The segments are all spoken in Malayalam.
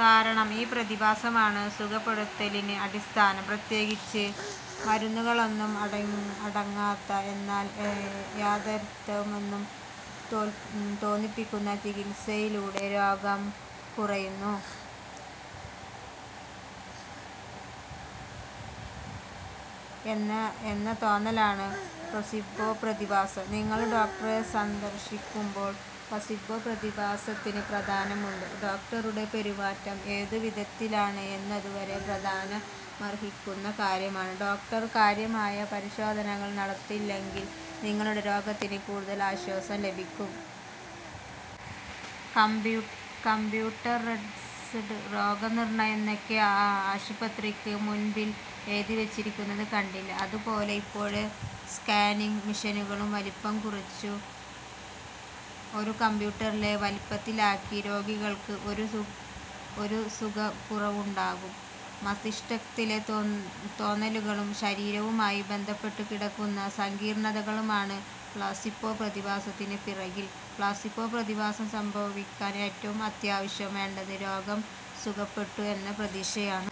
കാരണം ഈ പ്രതിഭാസമാണ് സുഖപ്പെടുത്തലിന് അടിസ്ഥാനം. പ്രത്യേകിച്ച് മരുന്നുകളൊന്നും അടങ്ങാത്ത, എന്നാല് യഥാര്ത്ഥമെന്നു തോന്നിപ്പിക്കുന്ന ചികിത്സയിലൂടെ രോഗം കുറയുന്നു എന്ന തോന്നലാണ് പ്ലെസീബോ പ്രതിഭാസം. നിങ്ങള് ഡോക്ടറെ സന്ദര്ശിക്കുമ്പോഴും പ്ലെസീബോ പ്രതിഭാസത്തിനു പ്രാധാന്യമുണ്ട്. ഡോക്ടരുടെ പെരുമാറ്റം ഏതുവിധത്തിലാണ് എന്നതു വളരെ പ്രാധാന്യമര്ഹിക്കുന്ന കാര്യമാണ്. ഡോക്ടര് കാര്യമായ പരിശോധനകള് നടത്തുകയാണെങ്കില് നിങ്ങളുടെ രോഗത്തിനു കൂടുതല് ആശ്വാസം ലഭിക്കും. കമ്പ്യൂട്ടറൈസ്ഡ് രോഗനിര്ണ്ണയം എന്നൊക്കെ ആശുപത്രകള്ക്ക് മുന്പില് എഴുതിവച്ചിരിക്കുന്നത് കണ്ടിട്ടില്ലേ. അതുപോലെ ഇപ്പോഴുള്ള സ്കാനിംഗ് മെഷിനുകളുടെ വലിപ്പം കുറച്ച് ഒരു കമ്പ്യൂട്ടറിന്റെ വലിപ്പത്തിലാക്കിയാല് രോഗികള്ക്ക് ഒരു സുഖക്കുറവുണ്ടാകും. മസ്തിഷ്കത്തിലെ തോന്നലുകളും ശരീരവുമായി ബന്ധപ്പെട്ടുകിടക്കുന്ന സങ്കീര്ണ്ണതകളുമാണ് പ്ലെസീബോ പ്രതിഭാസത്തിനു പിറകില്. പ്ലെസീബോ പ്രതിഭാസം സംഭവിക്കാന് ഏറ്റവും അത്യാവശ്യം വേണ്ടത് രോഗം സുഖപ്പെടും എന്ന പ്രതീക്ഷയാണ്.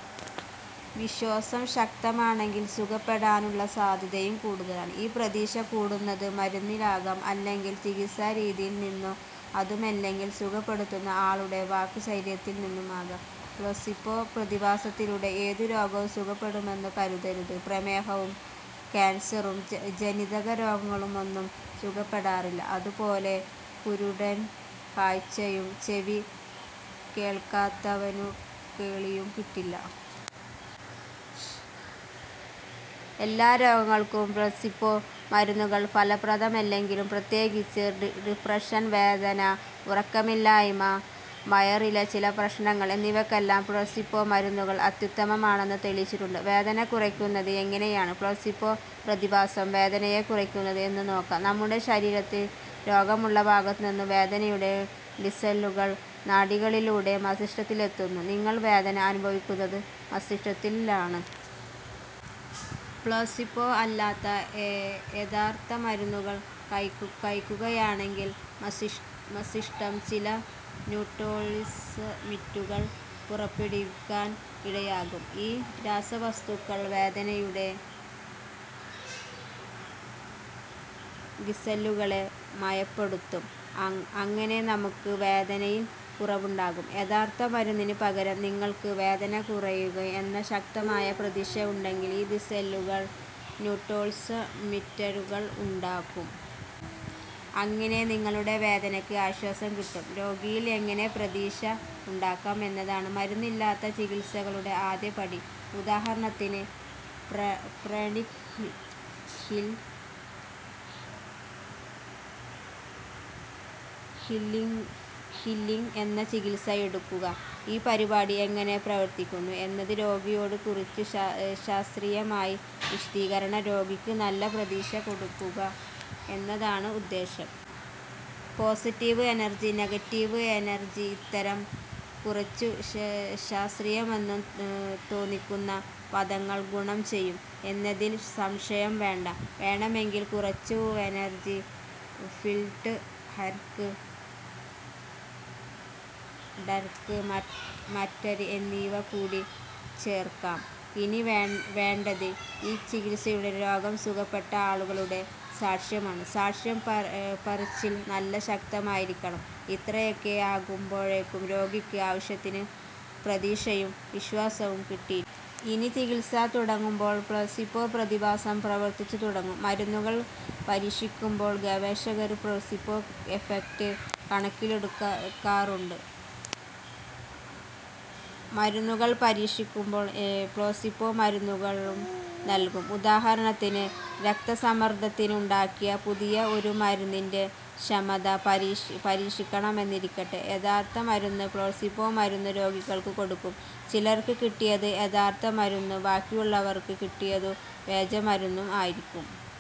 വിശ്വാസം ശക്തമാണെങ്കില് സുഖപ്പെടുവാനുള്ള സാധ്യതയും കൂടുതലാണ്. ഈ പ്രതീക്ഷ കിട്ടുന്നത് മരുന്നില്നിന്നാകാം അല്ലെങ്കില് ചികിത്സാ രീതിയില്നിന്നോ അതുമല്ലെങ്കില് സുഖപ്പെടുത്തുന്ന ആളുടെ വാക്ചാതുര്യത്തില് നിന്നുമാകാം. പ്ലെസീബോ പ്രതിഭാസത്തിലൂടെ എന്തു രോഗവും സുഖപ്പെടുമെന്ന് കരുതരുത്. പ്രമേഹവും ക്യാന്സറും ജനിതകരോഗങ്ങളുമൊന്നും സുഖപ്പെടില്ല. അതുപോലെ കുരുടന് കാഴ്ചയും ചെവി കേള്ക്കാത്തവനു കേള്വിയും കിട്ടില്ല. എല്ലാ രോഗങ്ങള്ക്കും പ്ലെസീബോ മരുന്നുകള് ഫലപ്രദമല്ലെങ്കിലും പ്രത്യേകിച്ചും ഡിപ്രഷന്, വേദന, ഉറക്കമില്ലായ്മ, വയറിലെ ചില പ്രശ്നങ്ങള് എന്നിവക്കെല്ലാം പ്ലെസീബോ മരുന്നുകള് അത്യുത്തമമാണെന്ന് തെളിയിച്ചിട്ടുണ്ട്. വേദന കുറയ്ക്കുന്നത് എങ്ങനെയാണ് പ്ലെസീബോ പ്രതിഭാസം വേദനയെ കുറക്കുന്നത് എന്നുനോക്കാം. നമ്മുടെ ശരീരത്തില് രോഗമുള്ള ഭാഗത്തുനിന്നും വേദനയുടെ സിഗ്നലുകള് നാഡികളിലൂടെ മസ്തിഷ്കത്തിലെത്തുന്നു. നിങ്ങള് വേദന അനുഭവിക്കുന്നത് മസ്തിഷ്കത്തിലാണ്. പ്ലെസീബോ അല്ലാത്ത യഥാര്ത്ഥ മരുന്നുകള് കഴിക്കുകയാണെങ്കില് മസ്തിഷ്കം ചില ന്യൂറോട്രാന്സ്മിറ്ററുകള് പുറപ്പെടുവിക്കാന് ഇടയാക്കും. ഈ രാസവസ്തുക്കള് വേദനയുടെ സിഗ്നലുകളെ മയപ്പെടുത്തും. അങ്ങനെ നമുക്ക് വേദനയില് കുറവുണ്ടാകും. യഥാര്ത്ഥ മരുന്നിനു പകരം നിങ്ങള്ക്ക് വേദന കുറയും എന്ന ശക്തമായ പ്രതീക്ഷ ഉണ്ടെങ്കില് ഈ സിഗ്നലുകള് ന്യൂറോട്രാന്സ്മിറ്ററുകള് ഉണ്ടാക്കും. അങ്ങനെ നിങ്ങളുടെ വേദനക്ക് ആശ്വാസം കിട്ടും. രോഗിയില് എങ്ങനെ പ്രതീക്ഷ ഉണ്ടാക്കാം എന്നതാണ് മരുന്നില്ലാത്ത ചികിത്സകളുടെ ആദ്യ പടി. ഉദാഹരണത്തിന് പ്രാണിക് ഹീലിംഗ് എന്ന ചികിത്സ എടുക്കുക. ഈ പരിപാടി എങ്ങനെ പ്രവര്ത്തിക്കുന്നു എന്നത് രോഗിയോട് കുറച്ചു 'ശാസ്ത്രീയമായി' വിശദീകരിക്കണം. രോഗിക്ക് നല്ല പ്രതീക്ഷ കൊടുക്കുക എന്നതാണ് ഉദ്ദേശം. പോസിറ്റീവ് എനര്ജി, നെഗറ്റീവ് എനര്ജി, ഇത്തരം കുറച്ചു ശാസ്ത്രീയമെന്നു തോന്നിപ്പിക്കുന്ന പദങ്ങള് ഗുണം ചെയ്യും എന്നതില് സംശയം വേണ്ട. വേണമെങ്കില് കുറച്ചു എനര്ജി ഫീല്ഡ്, ഡാര്ക്ക് മാറ്റര് എന്നിവകൂടി ചേര്ക്കാം. ഇനി വേണ്ടത് ഈ ചികിത്സയിലൂടെ രോഗം സുഖപ്പെട്ട ആളുകളുടെ സാക്ഷ്യമാണ്. സാക്ഷ്യം പറച്ചില് നല്ല ശക്തമായിരിക്കണം. ഇത്രയൊക്കെ ആകുമ്പോഴേക്കും രോഗിക്ക് ആവശ്യത്തിനു പ്രതീക്ഷയും വിശ്വാസവും കിട്ടിയിരിക്കും. ഇനി ചികിത്സ തുടങ്ങുമ്പോള് പ്ലെസീബോ പ്രതിഭാസം പ്രവര്ത്തിച്ചുതുടങ്ങും. മരുന്നുകള് പരീക്ഷിക്കുമ്പോള് ഗവേഷകര് പ്ലെസീബോ എഫ്ഫെക്റ്റ് കണക്കിലെടുക്കാറുണ്ട്. മരുന്നുകള് പരീക്ഷിക്കുമ്പോള് പ്ലെസീബോ മരുന്നുകളും നല്കും. ഉദാഹരണത്തിന് രക്സ്തസമ്മര്ദ്ദത്തിനു ഉണ്ടാക്കിയ പുതിയ ഒരു മരുന്നിന്റെ ക്ഷമത പരീക്ഷിക്കണമെന്നിരിക്കട്ടെ. യഥാര്ത്ഥ മരുന്നും പ്ലെസീബോ മരുന്നും രോഗികള്ക്ക് കൊടുക്കും. ചിലര്ക്ക് കിട്ടിയത് യഥാര്ത്ഥ മരുന്നും ബാക്കിയുള്ളവര്ക്ക് കിട്ടിയതു വ്യാജനും ആയിരിക്കും.